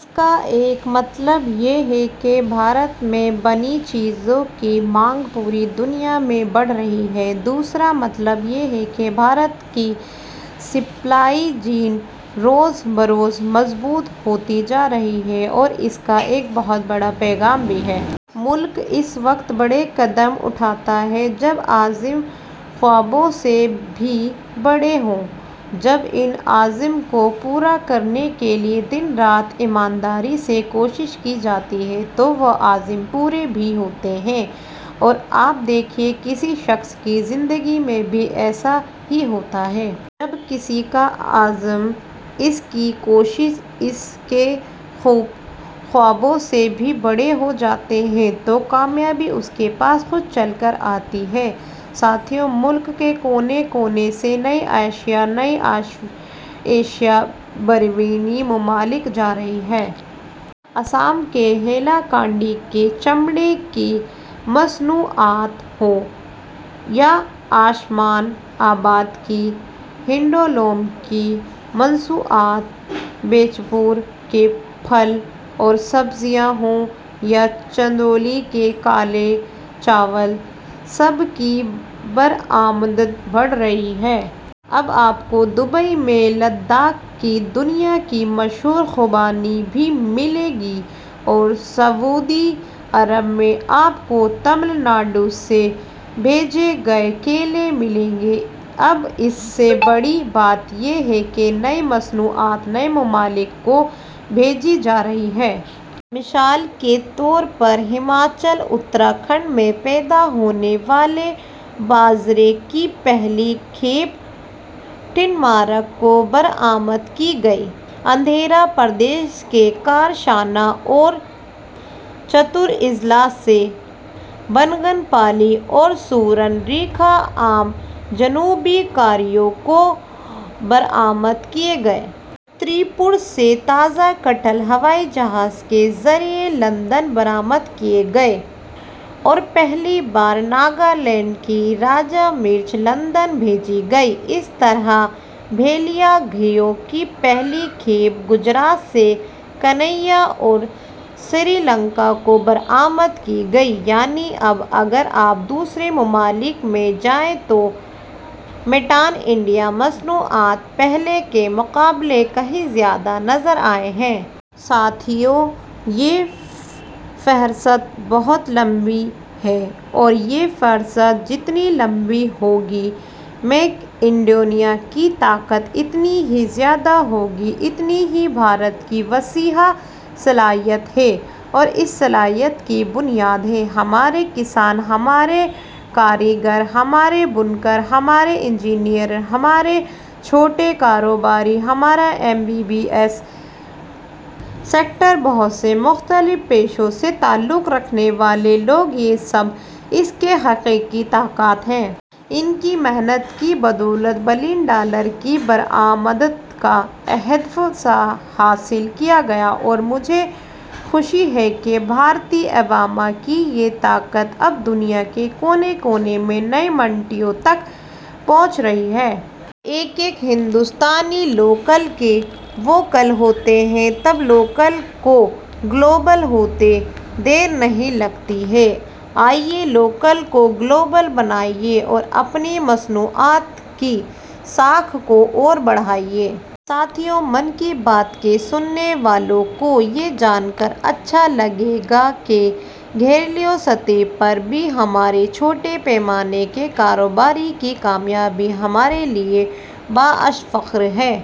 اس کا ایک مطلب یہ ہے کہ بھارت میں بنی چیزوں کی مانگ پوری دنیا میں بڑھ رہی ہے، دوسرا مطلب یہ ہے کہ بھارت کی سپلائی چین روز بروز مضبوط ہوتی جارہی ہے اور اس کا ایک بہت بڑا پیغام بھی ہے۔ ملک اس وقت بڑے قدم اٹھاتا ہے ، جب عز م خوابوں سے بھی بڑے ہوں۔ جب ان عزم کو پورا کرنے کے لئے دن رات ایمانداری سے کوشش کی جاتی ہے تو وہ عزم پورے بھی ہوتے ہیں اور آپ دیکھیئے ، کسی شخص کی زندگی میں بھی ایسا ہی ہوتا ہے ۔ جب کسی کا عزم، اس کی کوشش ، اس کے خوابوں سے بھی بڑے ہو جاتے ہیں تو کامیابی ، اُس کے پاس خود چل کر آتی ہے۔ ساتھیو ، ملک کے کونے کونے سے نئی اشیاء نئی اشیا بیرونی ممالک جا رہی ہیں ۔ آسام کے ہیلا کانڈی کی چمڑے کی مصنوعات ہوں یا عثمان آباد کی ہینڈلوم کی مصنوعات، بیجاپور کے پھل اور سبزیاں ہوں یا چندولی کے کالے چاول، سب کی برآمدات بڑھ رہی ہے ۔ اب، آپ کو دوبئی میں لداخ کی دنیا کی مشہور خوبانی بھی ملے گی اور سعودی عرب میں، آپ کو تمل ناڈو سے بھیجے گئے کیلے ملیں گے۔ اب سب سے بڑی بات یہ ہے کہ نئی مصنوعات نئے ممالک کو بھیجی جا رہی ہیں۔ مثال کے طور پر، ہماچل، اتراکھنڈ میں پیدا ہونے والے باجرے کی پہلی کھیپ ڈنمارک کو برآمد کی گئی۔ آندھرا پردیش کے کرشنا اور چتور اضلاع سے بنگن پلیّ اور سورن رِکھا آم جنوبی کوریا کو برآمد کئے گئے ۔ تری پورہ سے تازہ کٹہل ہوائی جہاز کے ذریعے لندن برآمد کئے گئے اور پہلی بار ناگالینڈ کی راجہ مرچ لندن بھیجی گئی ۔ اسی طرح بھالیا گیہوں کی پہلی کھیپ گجرات سے کینیا اور سری لنکا کو برآمد کی گئی یعنی اب اگر آپ دوسرے ممالک میں جائیں تو میڈ ان انڈیا مصنوعات پہلے کے مقابلے کہیں زیادہ نظر آئیں گی۔ ساتھیو ، یہ فہرست بہت لمبی ہے اور یہ فہرست جتنی لمبی ہوگی، میک ان انڈیا کی طاقت اتنی ہی زیادہ ہوگی، اتنی ہی بھارت کی وسیع صلاحیت ہے اور اس صلاحیت کی بنیاد ہیں – ہمارے کسان، ہمارے کاریگر، ہمارے بُنکر، ہمارے انجینئر ، ہمارے چھوٹے کاروباری، ہمارا M S M E sector, بہت سے مختلف پیشوں سے تعلق رکھنے والے لوگ، یہ سب اس کی حقیقی طاقت ہیں۔ ان کی محنت کی بدولت بلین ڈالر کی برآمدات کا ہدف حاصل کیا گیا ہے اور مجھے خوشی ہے کہ بھارتی عوام کی یہ طاقت اب دنیا کے کونے کونے میں نئی منڈیوں تک پہنچ رہی ہے۔ جب ایک ایک ہندوستانی لوکل کے ووکل ہوتا ہے ، تب لوکل کو گلوبل ہوتے دیر نہیں لگتی ہے ۔ آئیے لوکل کو گلوبل بنائیں اور اپنی مصنوعات کی ساکھ کو اور بڑھائیں ۔ ساتھیو ،' من کی بات ' کے سننے والوں کو یہ جان کر اچھا لگے گا کہ گھریلو سطح پر بھی ہمارے چھوٹے پیمانے کے کاروباریوں کی کامیابی ہمارے لئے باعث فخر ہے۔